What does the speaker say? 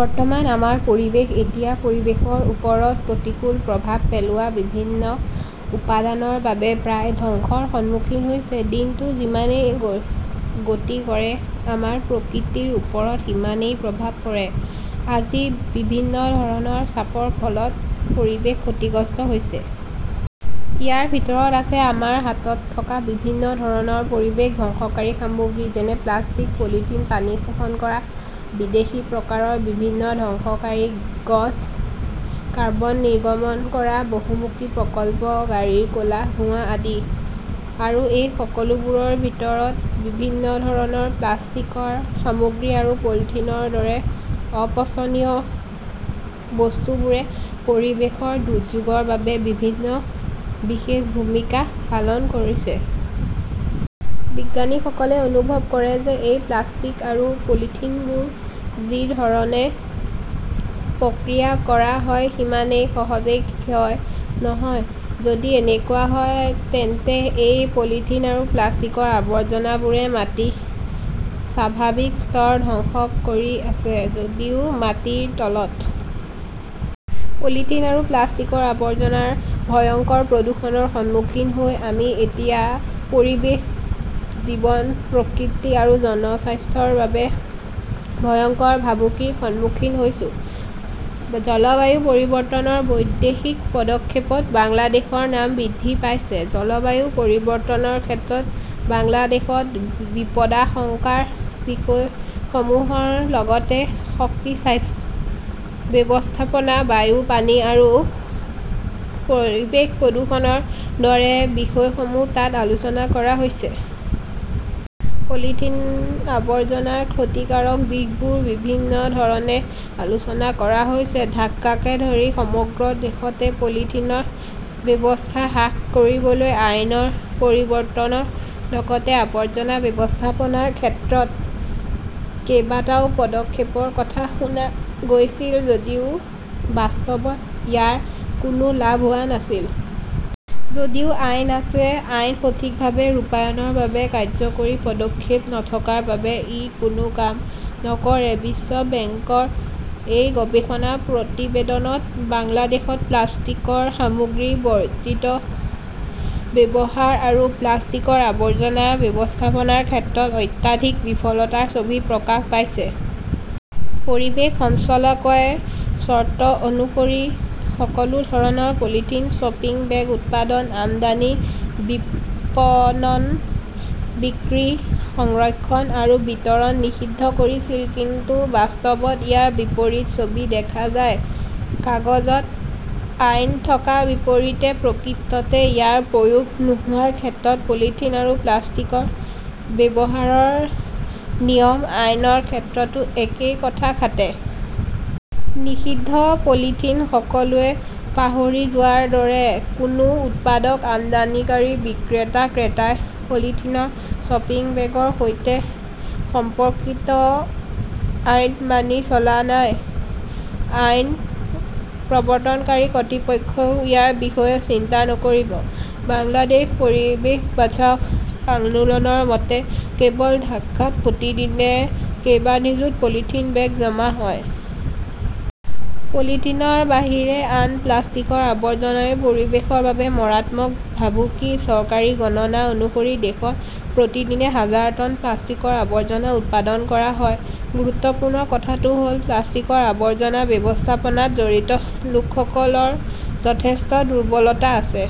বৰ্তমান আমাৰ পৰিৱেশ এতিয়া পৰিৱেশৰ ওপৰত প্ৰতিকূল প্ৰভাৱ পেলোৱা বিভিন্ন উপাদানৰ বাবে প্ৰায় ধ্বংসৰ সন্মুখীন হৈছে। দিনটো যিমানে গতি কৰে, আমাৰ প্ৰকৃতিৰ ওপৰত সিমানেই প্ৰভাৱ পৰে। আজি বিভিন্ন ধৰণৰ চাপৰ ফলত পৰিৱেশ ক্ষতিগ্ৰস্ত হৈছে। ইয়াৰ ভিতৰত আছে আমাৰ হাতত থকা বিভিন্ন ধৰণৰ পৰিৱেশ ধ্বংসকাৰী সামগ্ৰী, যেনে প্লাষ্টিক, পলিথিন, পানী শোষণ কৰা বিদেশী প্ৰকাৰৰ পৰিৱেশ ধ্বংসকাৰী গছ, কাৰ্বন নিৰ্গমন কৰা বহুমুখী প্ৰকল্প, গাড়ীৰ ক'লা ধোঁৱা আদি। আৰু এই সকলোবোৰৰ ভিতৰত, বিভিন্ন ধৰণৰ প্লাষ্টিকৰ সামগ্ৰী আৰু পলিথিনৰ দৰে অপচনীয় বস্তুবোৰে পৰিৱেশৰ দুৰ্যোগৰ বাবে বিশেষ ভূমিকা পালন কৰিছে। বিজ্ঞানীসকলে অনুভৱ কৰে যে এই প্লাষ্টিক আৰু পলিথিনবোৰ যি ধৰণে প্ৰক্ৰিয়া কৰা হয় সিমানেই সহজে ক্ষয় নহয়। যদি এনেকুৱা হয়, তেন্তে এই পলিথিন আৰু প্লাষ্টিকৰ আৱৰ্জনাবোৰে মাটিৰ স্বাভাৱিক স্তৰ ধ্বংস কৰি আছে, যদিও মাটিৰ তলত। পলিথিন আৰু প্লাষ্টিকৰ আৱৰ্জনাৰ ভয়ংকৰ প্ৰদূষণৰ সন্মুখীন হৈ আমি এতিয়া পৰিৱেশ, জীৱন-প্ৰকৃতি আৰু জনস্বাস্থ্যৰ বাবে ভয়ংকৰ ভাবুকিৰ সন্মুখীন হৈছোঁ। জলবায়ু পৰিৱৰ্তনৰ বৈশ্বিক পদক্ষেপত বাংলাদেশৰ নাম বৃদ্ধি পাইছে। জলবায়ু পৰিৱৰ্তনৰ ক্ষেত্ৰত বাংলাদেশৰ বিপদাশংকাৰ বিষয়সমূহৰ লগতে শক্তি ব্যৱস্থাপনা, বায়ু, পানী আৰু পৰিৱেশ প্ৰদূষণৰ দৰে বিষয়সমূহ তাত আলোচনা কৰা হৈছে। পলিথিন আৱৰ্জনাৰ ক্ষতিকাৰক দিশবোৰ বিভিন্ন ধৰণে আলোচনা কৰা হৈছে। ঢাকাকে ধৰি সমগ্ৰ দেশতে পলিথিনৰ ব্যৱহাৰ হ্ৰাস কৰিবলৈ আইনৰ পৰিৱৰ্তনৰ লগতে আৱৰ্জনা ব্যৱস্থাপনাৰ ক্ষেত্ৰত কেইবাটাও পদক্ষেপৰ কথা শুনা গৈছিল যদিও বাস্তৱত ইয়াৰ কোনো লাভ হোৱা নাছিল। যদিও আইন আছে, আইন সঠিকভাৱে ৰূপায়ণৰ বাবে কাৰ্যকৰী পদক্ষেপ নথকাৰ বাবে ই কোনো কাম নকৰে। বিশ্ব বেংকৰ এক গৱেষণা প্ৰতিবেদনত বাংলাদেশত প্লাষ্টিক সামগ্ৰীৰ বৰ্ধিত ব্যৱহাৰ আৰু প্লাষ্টিকৰ আৱৰ্জনা ব্যৱস্থাপনাৰ ক্ষেত্ৰত অত্যধিক বিফলতাৰ ছবি প্ৰকাশ পাইছে। পৰিৱেশ সঞ্চালকালয়ে চৰ্ত অনুসৰি সকলো ধৰণৰ পলিথিন শ্বপিং বেগ উৎপাদন, আমদানি, বিপণন, বিক্ৰী, সংৰক্ষণ আৰু বিতৰণ নিষিদ্ধ কৰিছিল। কিন্তু বাস্তৱত ইয়াৰ বিপৰীত ছবি দেখা যায়। কাগজত আইন থকাৰ বিপৰীতে প্ৰকৃততে ইয়াৰ প্ৰয়োগ নোহোৱাৰ ক্ষেত্ৰত পলিথিন আৰু প্লাষ্টিকৰ ব্যৱহাৰৰ নিয়ম আইনৰ ক্ষেত্ৰতো একেই কথা খাটে। নিষিদ্ধ পলিথিন সকলোৱে পাহৰি যোৱাৰ দৰে। কোনো উৎপাদক, আমদানিকাৰী, বিক্ৰেতা-ক্ৰেতাই পলিথিনৰ শ্বপিং বেগৰ সৈতে সম্পৰ্কিত আইন মানি চলা নাই। আইন প্ৰৱৰ্তনকাৰী কৰ্তৃপক্ষইও ইয়াৰ বিষয়ে চিন্তা নকৰিব। বাংলাদেশ পৰিৱেশ বচাও আন্দোলনৰ মতে, কেৱল ঢাকাত প্ৰতিদিনে কেইবা নিযুত পলিথিন বেগ জমা হয়। পলিথিনৰ বাহিৰে আন প্লাষ্টিকৰ আৱৰ্জনাও পৰিৱেশৰ বাবে মাৰাত্মক ভাবুকি। চৰকাৰী গণনা অনুসৰি, দেশত প্ৰতিদিনে হাজাৰ টন প্লাষ্টিকৰ আৱৰ্জনা উৎপাদন কৰা হয়। গুৰুত্বপূৰ্ণ কথাটো হ'ল, প্লাষ্টিকৰ আৱৰ্জনা ব্যৱস্থাপনাত জড়িত লোকসকলৰ যথেষ্ট দুৰ্বলতা আছে।